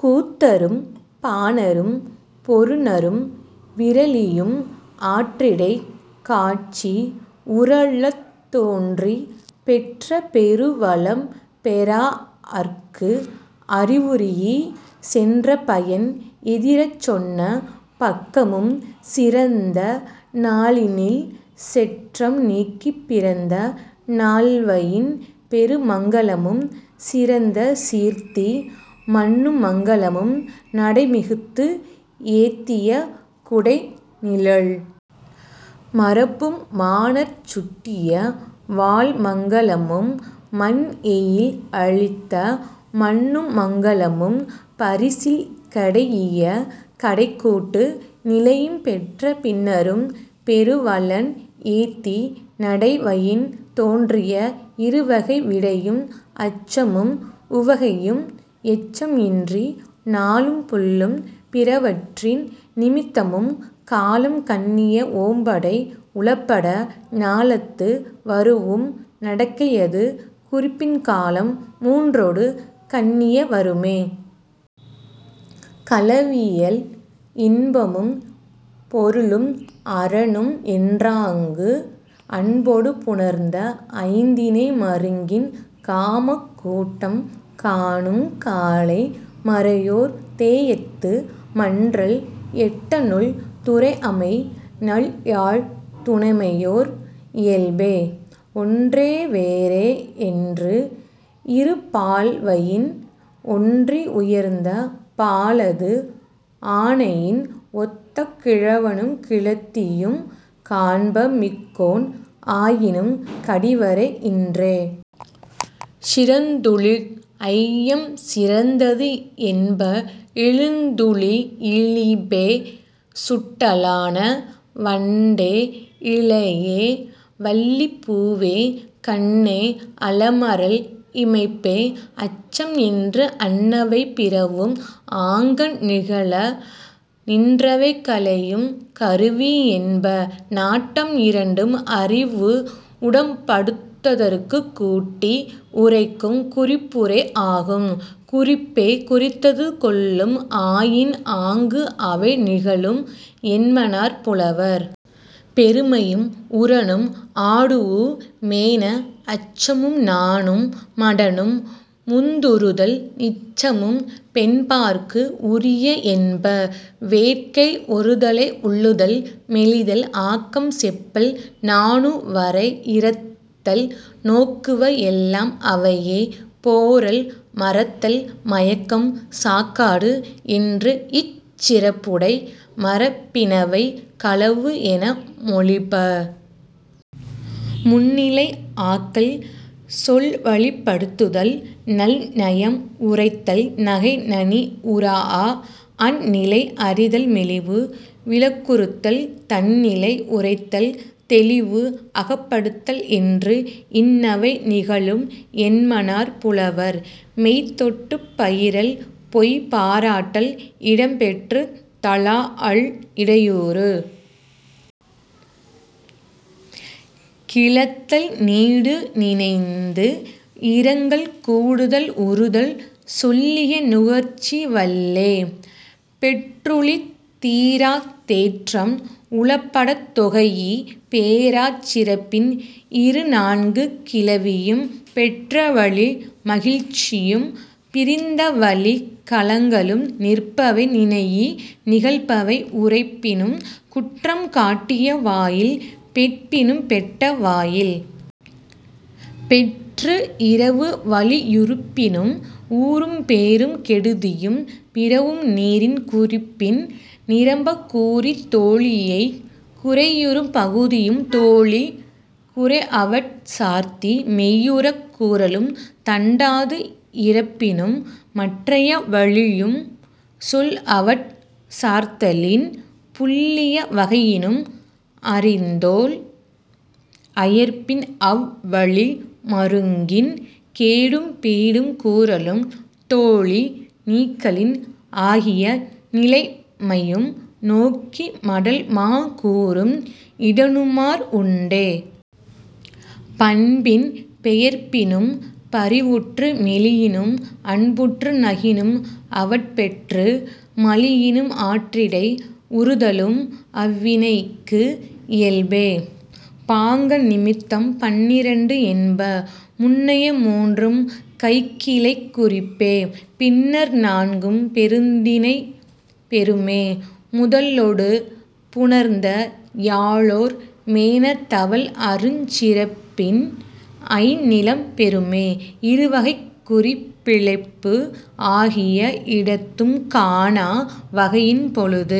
கூத்தரும் பாணரும் பொருநரும் விறலியும் ஆற்றிடைக் காட்சி உறழத் தோன்றி பெற்ற பெரு வளம் பெறாஅர்க்கு அறிவுறீஇ சென்று பயன் எதிரச் சொன்ன பக்கமும் சிறந்த நாளினில் செற்றம் நீக்கி பிறந்த நாள்வயின் பெருமங்கலமும் சிறந்த சீர்த்தி மண்ணுமங்கலமும் நடை மிகுத்து ஏத்திய குடை நிழல் மரபும் மாணார்ச் சுட்டிய வாள்மங்கலமும் மன் எயில் அழித்த மண்ணுமங்கலமும் பரிசில் கடைஇய கடைக்கூட்டு நிலையும் பெற்ற பின்னரும் பெரு வளன் ஏத்தி நடைவயின் தோன்றிய இரு வகை விடையும் அச்சமும் உவகையும் எச்சம் இன்றி நாளும் புள்ளும் பிறவற்றின் நிமித்தமும் காலம் கண்ணிய ஓம்படை உளப்பட ஞாலத்து வரூஉம் நடக்கையது குறிப்பின் காலம் மூன்றொடு கண்ணிய வருமே.. களவியல் இன்பமும் பொருளும் அறனும் என்றாங்கு அன்பொடு புணர்ந்த ஐந்திணை மருங்கின் காமக் கூட்டம் காணும் காலை மறையோர் தேஎத்து மன்றல் எட்டனுள் துறை அமை நல் யாழ்த் துணைமையோர் இயல்பே. ஒன்றே வேறே என்று இரு பால்வயின் ஒன்றி உயர்ந்த பாலது ஆணையின் ஒத்த கிழவனும் கிழத்தியும் காண்ப மிக்கோன் ஆயினும் கடி வரை இன்றே. சிறந்துழி ஐயம் சிறந்தது என்ப இழிந்துழி இழிபே சுட்டலான. வண்டே இழையே வள்ளி பூவே கண்ணே அலமரல் இமைப்பே அச்சம் என்று அன்னவை பிறவும் ஆங்கண் நிகழ நின்றவை களையும் கருவி என்ப. நாட்டம் இரண்டும் அறிவு உடம்படுத்தற்குக் கூட்டி உரைக்கும் குறிப்புரை ஆகும். குறிப்பே குறித்தது கொள்ளும் ஆயின் ஆங்கு அவை நிகழும் என்மனார் புலவர். பெருமையும் உரனும் ஆடூஉ மேன. அச்சமும் நாணும் மடனும் முந்துறுதல் நிச்சமும் பெண்பாற்கு உரிய என்ப. வேட்கை ஒருதலை உள்ளுதல் மெலிதல் ஆக்கம் செப்பல் நாணு வரை இறத்தல் நோக்குவ எல்லாம் அவையே போறல் மறத்தல் மயக்கம் சாக்காடு என்று இச் சிறப்புடை மரபினவை களவு என மொழிப. முன்னிலை ஆக்கல் சொல்வழிப்படுத்தல் நல் நயம் உரைத்தல் நகை நனி உறாஅ அந் நிலை அறிதல் மெலிவு விளக்குறுத்தல் தன் நிலை உரைத்தல் தெளிவு அகப்படுத்தல் என்று இன்னவை நிகழும் என்மனார் புலவர். மெய் தொட்டுப் பயிறல் பொய் பாராட்டல் இடம் பெற்றுத் தழாஅல் இடையூறு கிளத்தல் நீடு நினைந்து இரங்கல் கூடுதல் உறுதல் சொல்லிய நுகர்ச்சி வல்லே பெற்றுழித் தீராத் தேற்றம் உளப்படத் தொகைஇ பேராச் சிறப்பின் இரு நான்கு கிளவியும் பெற்றவழி மகிழ்ச்சியும் பிரிந்தவழிக் கலங்கலும் நிற்பவை நினைஇ நிகழ்பவை உரைப்பினும் குற்றம் காட்டிய வாயில் பெட்பினும் பெட்ட வாயில் பெற்று இரவு வலியுறுப்பினும் ஊரும் பேரும் கெடுதியும் பிறவும் நீரின் குறிப்பின் நிரம்பக் கூறித் தோழியைக் குறையுறும் பகுதியும் தோழி குறை அவட் சார்த்தி மெய்யுறக் கூறலும் தண்டாது இரப்பினும் மற்றைய வழியும் சொல் அவட் சார்த்தலின் புல்லிய வகையினும் அறிந்தோள் அயர்ப்பின் அவ் வழி மருங்கின் கேடும் பீடும் கூறலும் தோழி நீக்கலின் ஆகிய நிலைமையும் நோக்கி மடல் மா கூறும் இடனுமார் உண்டே. பண்பின் பெயர்ப்பினும் பரிவுற்று மெலியினும் அன்புற்று நகினும் அவட் பெற்று மலியினும் ஆற்றிடை உறுதலும் அவ் வினைக்கு இயல்பே. பாங்கன் நிமித்தம் பன்னிரண்டு என்ப. முன்னைய மூன்றும் கைக்கிளைக் குறிப்பே. பின்னர் நான்கும் பெருந்திணை பெறுமே. முதலொடு புணர்ந்த யாழோர் மேன தவல் அருஞ் சிறப்பின் ஐந் நிலம் பெறுமே. இரு வகைக் குறி பிழைப்பு ஆகிய இடத்தும் காணா வகையின் பொழுது